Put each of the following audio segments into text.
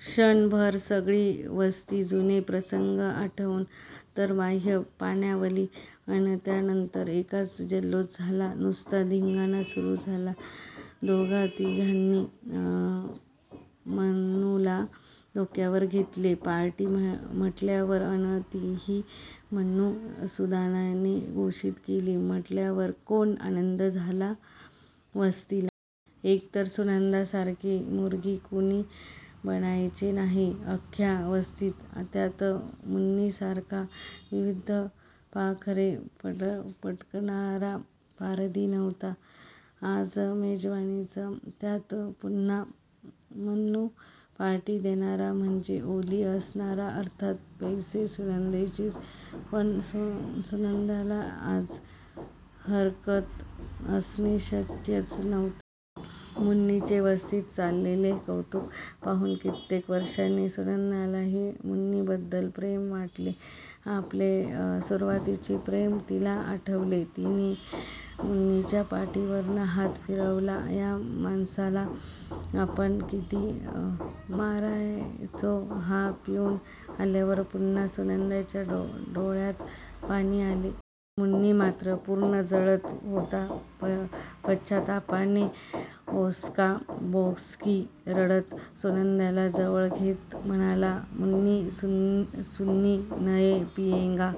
क्षणभर सगळी वस्ती जुने प्रसंग आठवून अंतर्बाह्य पाणावली. अन त्यानंतर एकच जल्लोष झाला. नुसता धिंगाणा सुरू झाला. दोघातिघांनी मन्नूला डोक्यावर घेतले. पार्टी म्हंटल्यावर अन तीही मन्नू, सुनंदाने घोषित केली म्हंटल्यावर कोण आनंद झाला वस्तीला. एकतर सुनंदासारखी मुर्गी कुणी बनवायचे नाही अख्ख्या वस्तीत! त्यात मन्नूसारखा विविध पाखरे पकडणारा पारधी नव्हता. आज मेजवानीच! त्यात पुन्हा मन्नू पार्टी देणार म्हणजे ओली असणार! अर्थात, पैसे सुनंदाचेच! पण सुनंदाला आज हरकत असणे शक्यच नव्हते. मन्नूचे वस्तीत चाललेले कौतूक पाहून कित्येक वर्षांनी सुनंदालाही मन्नूबद्दल प्रेम वाटले. आपले सुरुवातीचे प्रेम तिला आठवले. तिनेही मन्नूच्या पाठीवरून हात फिरवला. या माणसाला आपण किती मारायचो हा पिऊन आल्यावर! पुन्हा सुनंदाच्या डोळ्यात पाणी आले. मन्नू मात्र पूर्ण जळत होता पश्चात्तापाने. ओक्साबोक्शी रडत सुनंदाला जवळ घेत म्हणाला. मन्नू सुनी नय पियेंगा.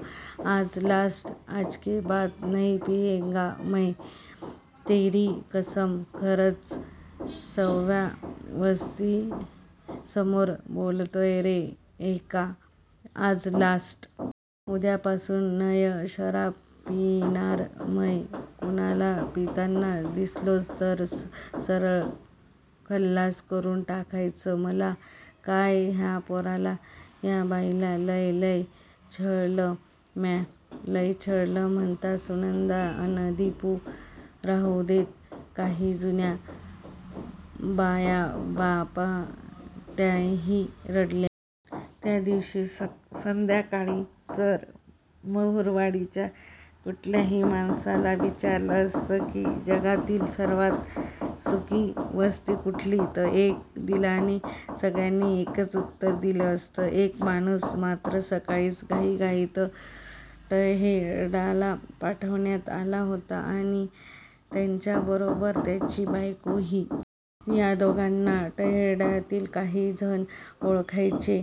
आज लास्ट. आजके बाद नय पियेंगा मय. तेरी कसम. खरच. सर्व्या वस्तीसमोर बोलतोय रे. ऐका. आज लास्ट. उद्यापासून नय शराब पिणार मय. कुनाला पिताना दिसलोच तर सरळ खल्लास करून टाकायचा मला काय या पोराला, या बाईला लय लय छळलं म्या. 'लय छळलं' म्हणता सुनंदा अन दिपू राहूदेत. काही जुन्या बायाबापड्याही रडल्या. त्या दिवशी संध्याकाळी जर महुरवाडीच्या कुठल्याही माणसाला विचारलं असतं की जगातील सर्वात सुखी वस्ती कुठली? एकदिलाने सगळ्यांनी एकच उत्तर दिलं असतं! एक माणूस मात्र सकाळीच घाईघाईत टहेर्याला पाठवण्यात आला होता आणि त्याच्या बरोबर त्याची बायकोही. या दोघांना टहेर्यातील काही जण ओळखायचे.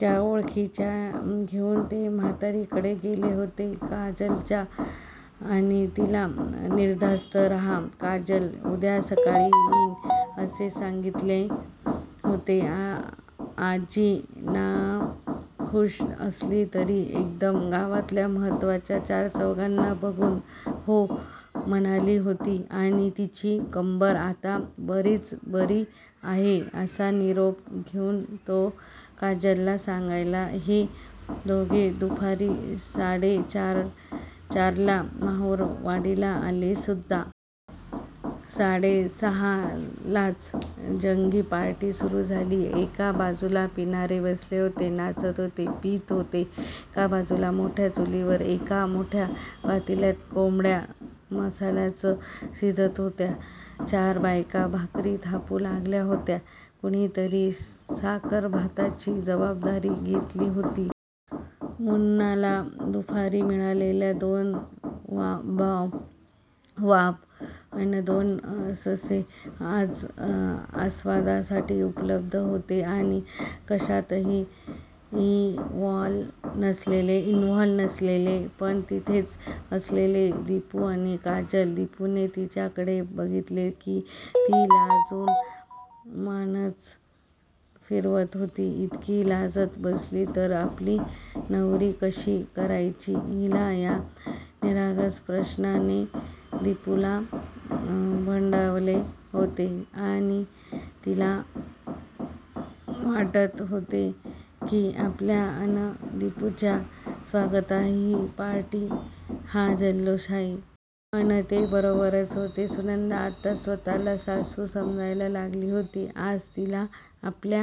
त्या ओळखीच्यांना घेऊन ते म्हातारीकडे गेले होते काजलच्या आणि तिला निर्धास्त रहा, काजल उद्या सकाळी येईल असे सांगीतले होते. आजी नाखुष असली तरी एकदम गावातल्या महत्वाच्या चारचौघांना बघून हो म्हणाली होती आणि तिची कंबर आता बरीच बरी आहे असा निरोप घेऊन तो काजलला सांगायला हे दोघे दुपारी साडे चारला महुरवाडीला आले सुद्धा होते. साडे सहालाच जंगी पार्टी सुरू झाली. एका बाजूला पिणारे बसले होते. नाचत होते. पीत होते. एका बाजूला मोठ्या चुलीवर एका मोठ्या पातेल्यात कोंबड्या मसाल्यातच शिजत होत्या. चार बायका भाकरी थापू लागल्या होत्या. कुणीतरी साखरभाताची जबाबदारी घेतली होती. मन्नूला दुपारी मिळालेल्या दोन वांब अन दोन ससे आज आस्वादासाठी उपलब्ध होते आणि कशातही इन्व्हॉल्व्ह नसलेले पण तिथेच असलेले दिपू अन काजल, दिपूने तिच्याकडे बघितले की ती लाजून मानच फिरवत होती. इतकी लाजत बसली तर आपली नवरी कशी करायची हिला या निरागस प्रश्नाने दिपूला भंडावले होते आणि तिला वाटत होते की आपल्या अन दिपूच्या स्वागतासाठी ही पार्टी, हा जल्लोष आहे. अन ते बरोबरच होते. सुनंदा आत्ताच स्वतःला सासू समजायला लागली होती. आज तिला आपल्या